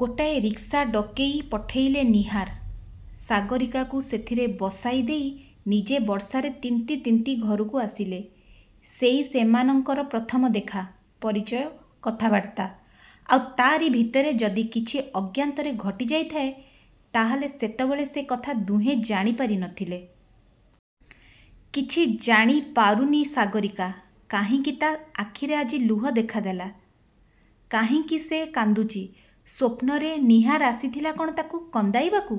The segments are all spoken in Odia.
''ଗୋଟାଏ ରିକ୍ସା ଡକେଇ ପଠେଇଲେ ନୀହାର। ସାଗରୀକାକୁ ସେଥିରେ ବସାଇଦେଇ ନିଜେ ବର୍ଷାରେ ତିନ୍ତି ତିନ୍ତି ଘରକୁ ଆସିଲେ। ସେଇ ସେମାନଙ୍କର ପ୍ରଥମ ଦେଖା, ପରିଚୟ, କଥାବାର୍ତ୍ତା। ଆଉ ତାରି ଭିତରେ ଯଦି କିଛି ଅଜ୍ଞାତରେ ଘଟି ଯାଇଥାଏ, ତା'ହେଲେ ସେତେବେଳେ ସେ କଥା ଦୁହେଁ ଜାଣିପାରିନଥିଲେ। କିଛି ଜାଣିପାରୁନି ସାଗରୀକା। କାହିଁକି ତା' ଆଖିରେ ଆଜି ଲୁହ ଦେଖା ଦେଲା? କାହିଁକି ସେ କାନ୍ଦୁଛି? ସ୍ୱପ୍ନରେ ନୀହାର ଆସିଥିଲା କ'ଣ ତାକୁ କନ୍ଦାଇବାକୁ।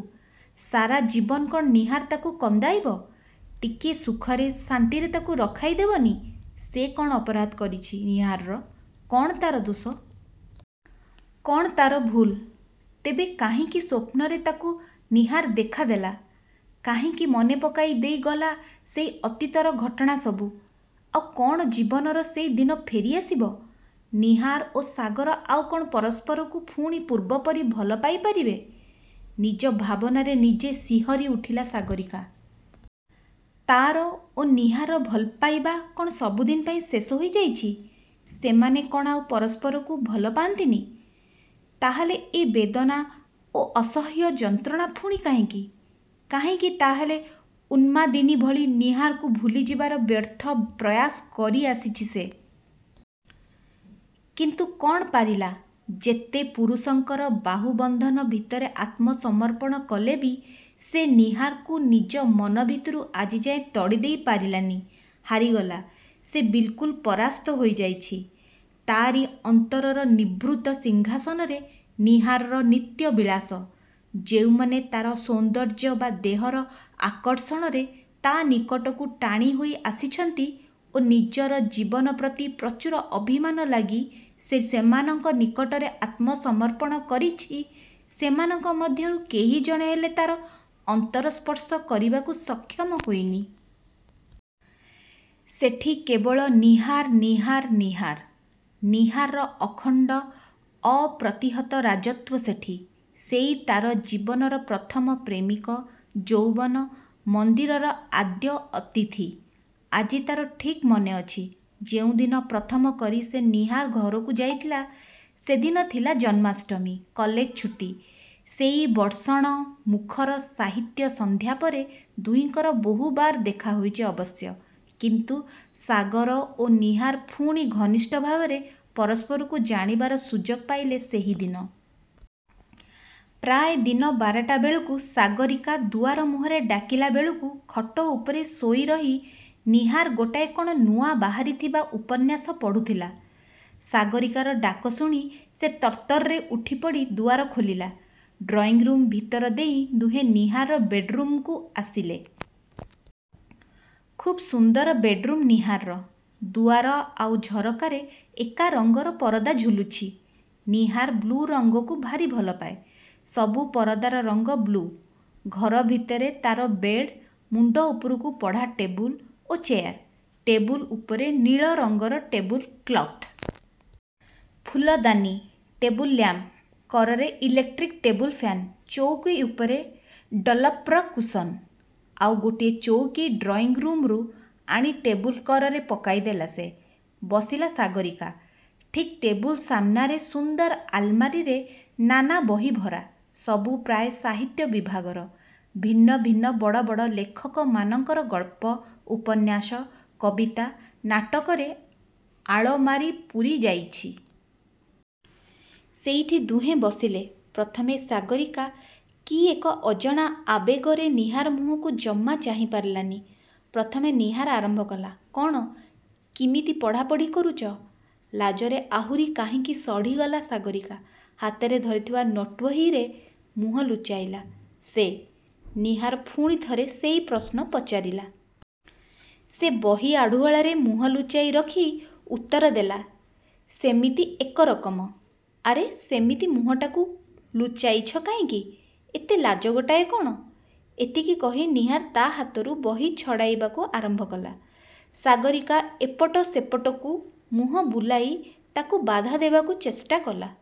ସାରା ଜୀବନ କ'ଣ ନୀହାର ତାକୁ କନ୍ଦାଇବ? ଟିକିଏ ସୁଖରେ, ଶାନ୍ତିରେ ତାକୁ ରଖାଇ ଦେବନି। ସେ କ'ଣ ଅପରାଧ କରିଛି ନୀହାରର; କ'ଣ ତା'ର ଦୋଷ। କ'ଣ ତା'ର ଭୁଲ୍? ତେବେ କାହିଁକି ସ୍ୱପ୍ନରେ ତାକୁ ନୀହାର ଦେଖାଦେଲା? କାହିଁକି ମନେପକାଇ ଦେଇଗଲା ସେଇ ଅତୀତର ଘଟଣା ସବୁ। ଆଉ କ'ଣ ଜୀବନର ସେଇ ଦିନ ଫେରିଆସିବ? ନୀହାର ଓ ସାଗର ଆଉ କ'ଣ ପରସ୍ପରକୁ ପୁଣି ପୂର୍ବପରି ଭଲପାଇ ପାରିବେ? ନିଜ ଭାବନାରେ ନିଜେ ଶିହରି ଉଠିଲା ସାଗରୀକା। ତା'ର ଓ ନୀହାରର ଭଲପାଇବା କ'ଣ ସବୁଦିନ ପାଇଁ ଶେଷ ହୋଇଯାଇଛି। ସେମାନେ କ'ଣ ଆଉ ପରସ୍ପରକୁ ଭଲପାଆନ୍ତିନି। ତା'ହେଲେ ଏ ବେଦନା ଓ ଅସହ୍ୟ ଯନ୍ତ୍ରଣା ପୁଣି କାହିଁକି? କାହିଁକି ତା'ହେଲେ ଉନ୍ମାଦିନୀ ଭଳି ନୀହାରକୁ ଭୁଲିଯିବାର ବ୍ୟର୍ଥ ପ୍ରୟାସ କରି ଆସିଛି ସେ? କିନ୍ତୁ କ'ଣ ପାରିଲା? ଯେତେ ପୁରୁଷଙ୍କର ବାହୁବନ୍ଧନ ଭିତରେ ଆତ୍ମସମର୍ପଣ କଲେ ବି ସେ ନୀହାରକୁ ନିଜ ମନ ଭିତରୁ ଆଜିଯାଏ ତଡ଼ିଦେଇ ପାରିଲାନି। ହାରିଗଲା, ସେ ବିଲକୁଲ୍ ପରାସ୍ତ ହୋଇଯାଇଛି। ତାରି ଅନ୍ତରର ନିଭୃତ ସିଂହାସନରେ ନୀହାରର ନିତ୍ୟ-ବିଳାସ। ଯେଉଁମାନେ ତା'ର ସୌନ୍ଦର୍ଯ୍ୟ ବା ଦେହର ଆକର୍ଷଣରେ ତା' ନିକଟକୁ ଟାଣିହୋଇ ଆସିଛନ୍ତି; ଓ ନିଜର ଜୀବନ ପ୍ରତି ପ୍ରଚୁର ଅଭିମାନ ଲାଗି ସେ ସେମାନଙ୍କ ନିକଟରେ ଆତ୍ମସମର୍ପଣ କରିଛି ସେମାନଙ୍କ ମଧ୍ୟରୁ କେହି ଜଣେ ହେଲେ ତା'ର ଅନ୍ତର ସ୍ପର୍ଶ କରିବାକୁ ସକ୍ଷମ ହୋଇନି। ସେଠି କେବଳ ନୀହାର-ନୀହାର-ନୀହାର-। ନୀହାରର ଅଖଣ୍ଡ, ଅପ୍ରତିହତ ରାଜତ୍ୱ ସେଠି। ସେଇ ତା'ର ଜୀବନର ପ୍ରଥମ ପ୍ରେମିକ-ଯୌବନ-ମନ୍ଦିରର ଆଦ୍ୟ ଅତିଥି! ଆଜି ତା'ର ଠିକ୍ ମନେଅଛି; ଯେଉଁଦିନ ପ୍ରଥମ କରି ସେ ନୀହାର ଘରକୁ ଯାଇଥିଲା। ସେଦିନ ଥିଲା ଜନ୍ମାଷ୍ଟମୀ। କଲେଜ ଛୁଟି। ସେଇ ବର୍ଷଣ-ମୁଖର ସାହିତ୍ୟ-ସନ୍ଧ୍ୟା ପରେ ଦୁହିଁଙ୍କର ବହୁବାର ଦେଖା ହୋଇଛି ଅବଶ୍ୟ, କିନ୍ତୁ ସାଗର ଓ ନୀହାର ପୁଣି ଘନିଷ୍ଠ ଭାବରେ ପରସ୍ପରକୁ ଜାଣିବାର ସୁଯୋଗ ପାଇଲେ ସେହି ଦିନ। ପ୍ରାୟ ଦିନ ବାରଟା ବେଳକୁ 'ସାଗରୀକା' ଦୁଆର ମୁହଁରେ ଡାକିଲା ବେଳକୁ ଖଟ ଉପରେ ଶୋଇ ରହି ନୀହାର ଗୋଟାଏ କ'ଣ ନୂଆ ବାହାରିଥିବା ଉପନ୍ୟାସ ପଢ଼ୁଥିଲା। 'ସାଗରୀକା'ର ଡାକ ଶୁଣି ସେ ତରତରରେ ଉଠିପଡ଼ି ଦୁଆର ଖୋଲିଲା। ଡ୍ରଇଁରୁମ୍ ଭିତର ଦେଇ ଦୁହେଁ ନୀହାରର ବେଡ଼୍ରୁମ୍କୁ ଆସିଲେ। ଖୁବ୍ ସୁନ୍ଦର ବେଡ଼୍ରୁମ୍ ନୀହାରର। ଦୁଆର ଆଉ ଝରକାରେ ଏକା ରଙ୍ଗର ପରଦା ଝୁଲୁଛି। ନୀହାର ବ୍ଲୁ ରଙ୍ଗକୁ ଭାରି ଭଲପାଏ। ସବୁ ପରଦାର ରଙ୍ଗ ବ୍ଲୁ। ଘର ଭିତରେ ତା'ର ବେଡ଼୍। ମୁଣ୍ଡ ଉପରକୁ ପଢ଼ା-ଟେବୁଲ୍ ଓ ଚେୟାର। ଟେବୁଲ୍ ଉପରେ ନୀଳ ରଙ୍ଗର ଟେବୁଲ୍ କ୍ଲଥ। ଫୁଲଦାନି। Table lamp. କରରେ ଇଲେକ୍ଟ୍ରିକ୍ ଟେବୁଲ୍-ଫ୍ୟାନ୍। ଚୌକି ଉପରେ ଡନ୍ଲପ୍ର କୁଶନ୍। ଆଉ ଗୋଟିଏ ଚୌକି ଡ୍ରଇଁରୁମ୍ରୁ ଆଣି ଟେବୁଲ୍ କରରେ ପକାଇ ଦେଲା ସେ। ବସିଲା ସାଗରୀକା-ଠିକ୍ ଟେବୁଲ୍ ସାମ୍ନାରେ ସୁନ୍ଦର ଆଲମାରିରେ ନାନା ବହି ଭରା।। ସବୁ ପ୍ରାୟ ସାହିତ୍ୟ-ବିଭାଗର। ଭିନ୍ନ ଭିନ୍ନ ବଡ଼ ବଡ଼ ଲେଖକମାନଙ୍କର ଗଳ୍ପ, ଉପନ୍ୟାସ, କବିତା ନାଟକରେ ଆଳମାରି ପୂରି ଯାଇଛି। ସେଇଠି ଦୁହେଁ ବସିଲେ। ପ୍ରଥମେ ସାଗରୀକା କି ଏକ ଅଜଣା ଆବେଗରେ ନୀହାର ମୁହଁକୁ ଜମା ଚାହିଁପାରିଲାନି। ପ୍ରଥମେ ନୀହାର ଆରମ୍ଭ କଲା-''କ'ଣ; କିମିତି ପଢ଼ାପଢ଼ି କରୁଛ। '' ଲାଜରେ ଆହୁରି କାହିଁକି ସଢ଼ିଗଲା ସାଗରୀକା। ହାତରେ ଧରିଥିବା ନୋଟ୍ବହିରେ ମୁହଁ ଲୁଚାଇଲା ସେ। ନୀହାର ପୁଣି ଥରେ ସେଇ ପ୍ରଶ୍ନ ପଚାରିଲା। ସେ ବହି ଆଢ଼ୁଆଳରେ ମୁହଁ ଲୁଚାଇ ରଖି ଉତ୍ତର ଦେଲା-''ସେମିତି; ଏକରକମ। '' ''ଆରେ ସେମିତି ମୁହଁଟାକୁ ଲୁଚାଇଛ କାହିଁକି? ଏତେ ଲାଜ ଗୋଟାଏ କ'ଣ? '' ଏତିକି କହି ନୀହାର ତା' ହାତରୁ ବହି ଛଡ଼ାଇବାକୁ ଆରମ୍ଭ କଲା। ସାଗରୀକା ଏପଟ ସେପଟକୁ ମୁହଁ ବୁଲାଇ ତାକୁ ବାଧା ଦେବାକୁ ଚେଷ୍ଟା କଲା।